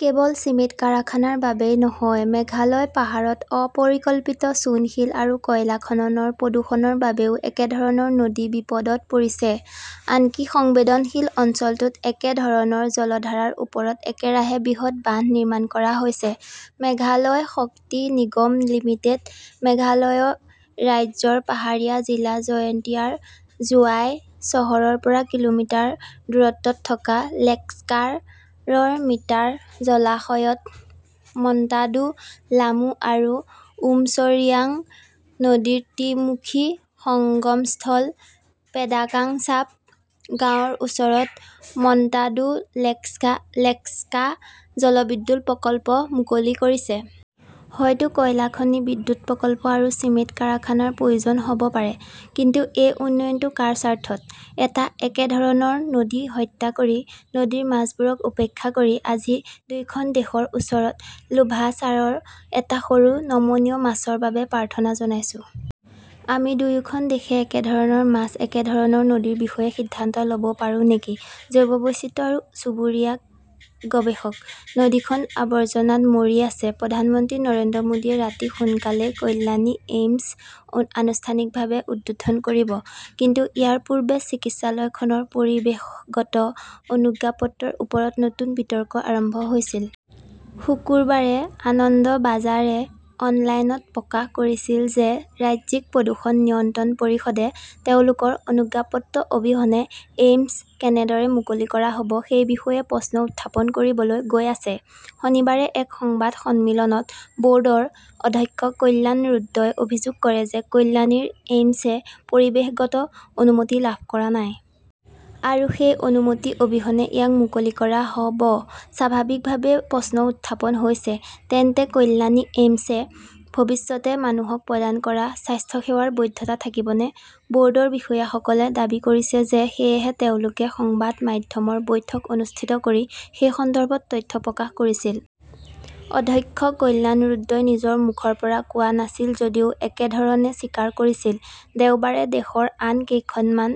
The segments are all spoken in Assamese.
কেৱল চিমেণ্ট কাৰখানাৰ বাবেই নহয়, মেঘালয় পাহাৰত অ-পৰিকল্পিত চূণশিল আৰু কয়লা খননৰ প্ৰদূষণৰ বাবেও একেধৰণৰ নদী বিপদত পৰিছে। আনকি সংবেদনশীল অঞ্চলটোত একে ধৰণৰ জলধাৰাৰ ওপৰত একেৰাহে বৃহৎ বান্ধ নিৰ্মাণ কৰা হৈছে। মেঘালয় শক্তি নিগম লিমিটেডে মেঘালয় ৰাজ্যৰ পাহাৰীয়া জিলা জয়ন্তীয়াৰ জোৱাই চহৰৰ পৰা কিলোমিটাৰ দূৰত্বত থকা লেস্কাৰৰ মিটাৰ জলাশয়ত মন্টাদু, লামু আৰু উমছৰিয়াং নদীৰ ত্ৰি-মুখী সঙ্গমস্থল পেডেকাংছাপ গাঁৱৰ ওচৰত মন্টাদু-লেস্কা জলবিদ্যুৎ প্ৰকল্প' মুকলি কৰিছে। হয়তো কয়লা খনি, বিদ্যুৎ প্ৰকল্প আৰু চিমেণ্ট কাৰখানাৰ প্ৰয়োজন হ’ব পাৰে। কিন্তু এই উন্নয়নটো কাৰ স্বাৰ্থত, এটা একেধৰণৰ নদী হত্যা কৰি, নদীৰ মাছবোৰক উপেক্ষা কৰি আজি দুয়োখন দেশৰ ওচৰত লোভাচাৰাৰ এটা সৰু নমনীয় মাছৰ বাবে প্ৰাৰ্থনা জনাইছো। আমি দুয়োখন দেশে একেধৰণৰ মাছ, একেধৰণৰ নদীৰ বিষয়ে সিদ্ধান্ত ল’ব পাৰোঁ নেকি জৈৱ বৈচিত্ৰ্য আৰু চুবুৰীয়া গৱেষক। নদীখন আৱৰ্জনাত মৰি আছে প্ৰধানমন্ত্ৰী নৰেন্দ্ৰ মোদীয়ে ৰাতি সোনকালেই কল্যাণী এইমছ আনুষ্ঠানিকভাৱে উদ্বোধন কৰিব। কিন্তু ইয়াৰ পূৰ্বে চিকিৎসালয়খনৰ পৰিৱেশগত অনুজ্ঞাপত্ৰৰ ওপৰত নতুন বিতৰ্ক আৰম্ভ হৈছিল। শুকুৰবাৰে আনন্দবাজাৰে অনলাইনত প্ৰকাশ কৰিছিল যে ৰাজ্যিক প্ৰদূষণ নিয়ন্ত্ৰণ পৰিষদে তেওঁলোকৰ অনুজ্ঞাপত্ৰ অবিহনে এইমছ কেনেদৰে মুকলি কৰা হ’ব সেই বিষয়ে প্ৰশ্ন উত্থাপন কৰিবলৈ গৈ আছে। শনিবাৰে এক সংবাদ সন্মিলনত বৰ্ডৰ অধ্যক্ষ কল্যাণ ৰুদ্ৰই অভিযোগ কৰে যে কল্যাণীৰ এইমছে পৰিৱেশগত অনুমতি লাভ কৰা নাই। আৰু সেই অনুমতি অবিহনে ইয়াক মুকলি কৰা হ 'ব। স্বাভাৱিকভাৱেই প্ৰশ্ন উত্থাপন হৈছে, তেন্তে কল্যাণী এইমছে ভৱিষ্যতে মানুহক প্ৰদান কৰা স্বাস্থ্যসেৱাৰ বৈধতা থাকিবনে বৰ্ডৰ বিষয়াসকলে দাবী কৰিছে যে সেয়েহে তেওঁলোকে সংবাদ মাধ্যমৰ বৈঠক অনুষ্ঠিত কৰি এই সন্দৰ্ভত তথ্য প্ৰকাশ কৰিছিল। অধ্যক্ষ কল্যাণ ৰুদ্ৰই নিজৰ মুখৰ পৰা কোৱা নাছিল যদিও একেধৰণে স্বীকাৰ কৰিছিল। দেওবাৰে দেশৰ আন কেইখনমান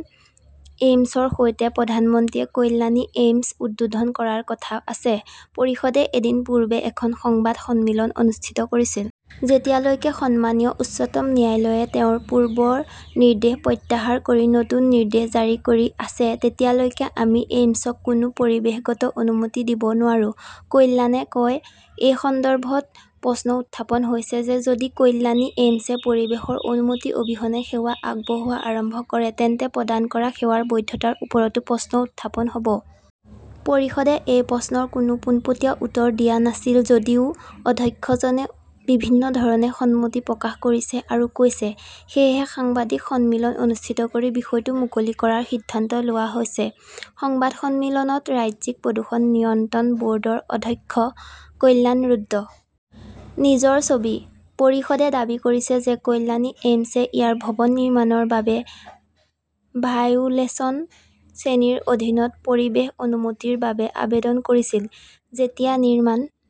এইমছৰ সৈতে প্ৰধানমন্ত্ৰীয়ে কল্যাণী এইমছ উদ্বোধন কৰাৰ কথা আছে। পৰিষদে এদিন পূৰ্বে এক সংবাদ সন্মিলন অনুষ্ঠিত কৰিছিল। যেতিয়ালৈকে সন্মানীয় উচ্চতম ন্যায়ালয়ে তেওঁৰ পূৰ্বৰ নিৰ্দেশ প্ৰত্যাহাৰ কৰি নতুন নিৰ্দেশ জাৰি কৰি আছে, তেতিয়ালৈকে আমি এইমছক কোনো পৰিৱেশগত অনুমতি দিব নোৱাৰো, কল্যাণে কয়। এই সন্দৰ্ভত প্ৰশ্ন উত্থাপন হৈছে যে যদি কল্যাণী এইমছে পৰিৱেশৰ অনুমতি অবিহনে সেৱা আগবঢ়োৱা আৰম্ভ কৰে তেন্তে প্ৰদান কৰা সেৱাৰ বৈধতাৰ ওপৰতো প্ৰশ্ন উত্থাপন হ’ব। পৰিষদে এই প্ৰশ্নৰ কোনো পোনপটীয়া উত্তৰ দিয়া নাছিল। যদিও অধ্যক্ষজনে বিভিন্ন ধৰণে সন্মতি প্ৰকাশ কৰিছে আৰু কৈছে, সেয়েহে সাংবাদিক সন্মিলন অনুষ্ঠিত কৰি বিষয়টো মুকলি কৰাৰ সিদ্ধান্ত লোৱা হৈছে। সংবাদ সন্মিলনত ৰাজ্যিক প্ৰদূষণ নিয়ন্ত্ৰণ বৰ্ডৰ অধ্যক্ষ কল্যাণ ৰুদ্ৰ। নিজৰ ছবি। পৰিষদে দাবী কৰিছে যে কল্যাণী এইমছে ইয়াৰ ভৱন নিৰ্মাণৰ বাবে ভাইওলেশন শ্ৰেণী ৰ অধীনত পৰিৱেশ অনুমতিৰ বাবে আবেদন কৰিছিল। যেতিয়া নিৰ্মাণ